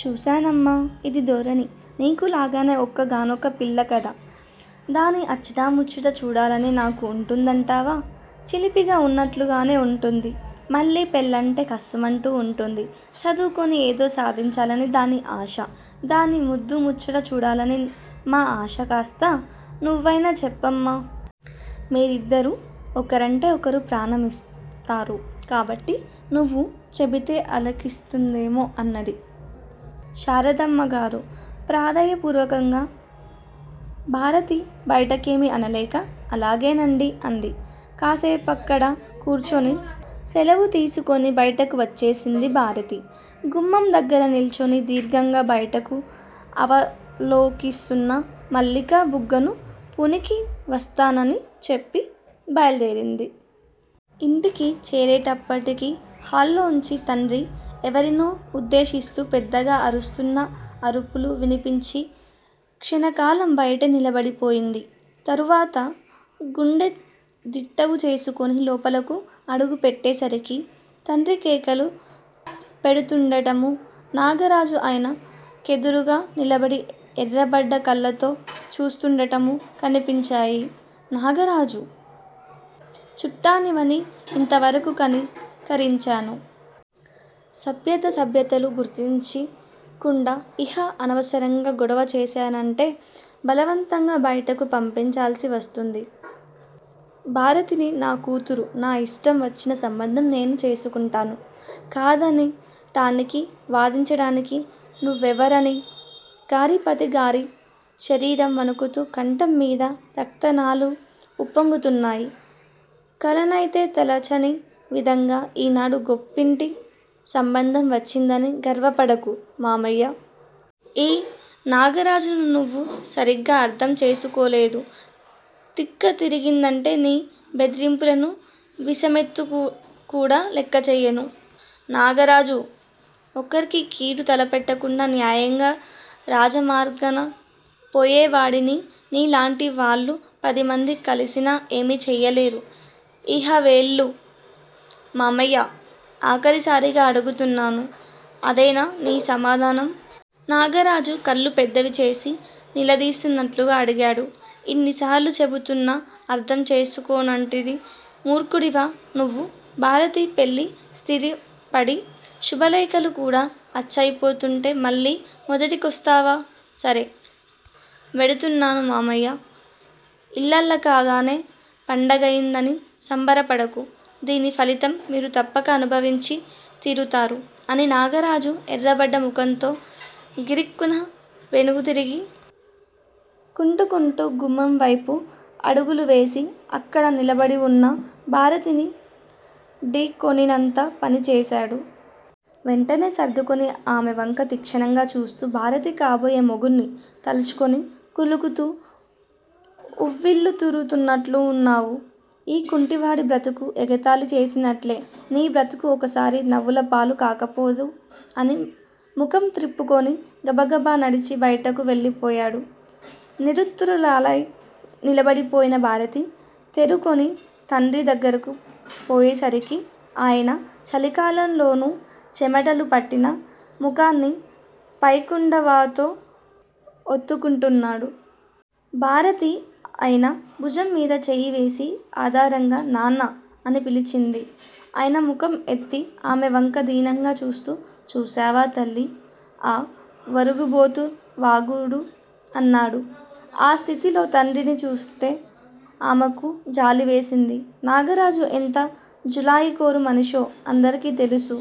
చూశానమ్మా, ఇదీ ధోరణి? నీకు లాగానే ఒక్కగానొక్క పిల్ల కదా. దాన్ని అచ్చటా ముచ్చటా చూడాలని నాకు వుంటుందంటావా? చిలిపిగా వున్నట్లుగానే వుంటుంది. మళ్ళీ పెళ్ళంటే కస్సుమంటూ వుంటుంది. చదువుకుని ఏదో సాధించాలని దాని ఆశ. దాని ముద్దూ ముచ్చటా చూడాలని మా ఆశ కాస్త నువ్వయినా చెప్పమ్మా. మీరిద్దరూ ఒకరంటే ఒకరు ప్రాణమిస్తారు కాబట్టి నువ్వు చెబితే అలకిస్తుందేమో అన్నది శారదమ్మ గారు ప్రాధేయ పూర్వకంగా. భారతి బయటకేమీ అనలేక అలాగేనండి అంది. కాసేపక్కడ కూర్చుని సెలవు తీసుకుని బయటకు వచ్చేసింది భారతి. గుమ్మం దగ్గర నిల్చుని దీర్ఘంగా బయటకు అవలోకిస్తున్న మల్లిక బుగ్గను పుణికి, వస్తానని చెప్పి బయల్దేరింది. ఇంటికి చేరేటప్పటికి హాల్లోంచి, తండ్రి ఎవరినో ఉద్దేశిస్తూ పెద్దగా అరుస్తున్న అరుపులు వినిపించి క్షణకాలం బయటే నిలబడిపోయింది. తరువాత గుండె దిట్టవు చేసుకుని లోపలకు అడుగు పెట్టేసరికి, తండ్రి కేకలు పెడుతూండటమూ, నాగరాజు ఆయన కెదురుగా నిలబడి ఎర్రబడ్డ కళ్ళతో చూస్తుండటమూ కనిపించాయి. నాగరాజూ! చుట్టానివని ఇంతవరకూ కనికరించాను. సభ్యతా సభ్యతలు గుర్తించ కుండా ఇహ అనవసరంగా గొడవ చేశానంటే బలవంతంగా బయటకు పంపించాల్సి వస్తుంది. భారతిని నా కూతురు నా ఇష్టం వచ్చిన సంబంధం నేను చేసుకుంటాను కాదనటానికీ, వాదించటానికీ నువ్వెవరిని? గౌరీపతి గారి శరీరం వణుకుతూ, కంఠం మీది రక్తనాళాలు ఉప్పొంగుతున్నాయి. కలనైతే తలచని విధంగా ఈనాడు గొప్పింటి సంబంధం వచ్చిందని గర్వపడకు మామయ్యా! ఈ నాగరాజును నువ్వు సరిగా అర్ధం చేసుకోలేదు తిక్క తిరిగిందంటే నీ బెదిరింపులను వీసమెత్తుకూడా లెక్కచేయను. నాగరాజూ! ఒకరికి కీడు తలపెట్టకుండా, న్యాయంగా రాజమార్గాన పోయేవాడిని, నీ లాంటి వాళ్ళు పదిమంది కలసినా ఏమీ చేయలేరు. ఇహ వెళ్ళు. మామయ్యా! ఆఖరిసారిగా అడుగుతున్నా. అదేనా నీ సమాధానం? నాగరాజు కళ్ళు పెద్దవిచేసి నిలదీసినట్లుగా అడిగాడు. ఇన్నిసార్లు చెబుతున్నా అర్ధం చేసుకోనంతటి మూర్ఖుడివా నువ్వు? భారతి పెళ్ళి స్థిరపడి, శుభలేఖలు కూడా అచ్చయిపోతుంటే మళ్ళీ మొదటికొస్తావా? సరే. వెడుతున్నాను మామయ్యా. ఇల్లలకగానే పండగయిందని సంబరపడకు దీని ఫలితం మీరు తప్పక అనుభవించి తీరుతారు అని నాగరాజు ఎర్రబడ్డ ముఖంతో గిరుక్కున వెనుదిరిగి, కుంటుకుంటూ గుమ్మం వైపు అడుగులు వేసి అక్కడ నిలబడివున్న భారతిని ఢీ కొనినంత పని చేశాడు. వెంటనే సర్దుకుని ఆమెవంక తీక్షణంగా చూస్తూ, భారతీ కాబోయే మొగుణ్ణి తలుచుకుని కులుకుతూ, ఉవ్విళ్లూరుతున్నట్లున్నావు. ఈ కుంటివాడి బ్రతుకు ఎగతాళి చేసినట్లే నీ బ్రతుకూ ఒకసారి నవ్వులపాలు కాకపోదు అని ముఖం త్రిప్పుకుని, గబగబా నడిచి బయటకు వెళ్ళిపోయాడు. నిరుత్తరురాలై నిలబడిపోయిన భారతి, తేరుకుని తండ్రి దగ్గరకు పోయేసరికి, ఆయన చలికాలంలోనూ చెమటలు పట్టిన ముఖాన్ని పైకండువాతో ఒత్తుకుంటున్నాడు. భారతి ఆయన భుజంమీద చేయివేసి ఆదరంగా నాన్నా! అని పిలిచింది. అయన ముఖం ఎత్తి ఆమెవంక దీనంగా చూస్తూ చూశావా, తల్లీ. ఆ వగరుబోతు వాగుడు? అన్నాడు. ఆ స్థితిలో తండ్రిని చూస్తే ఆమెకు జాలివేసింది. నాగరాజు ఎంత జులాయికోరు మనిషో అందరకి తెలుసు.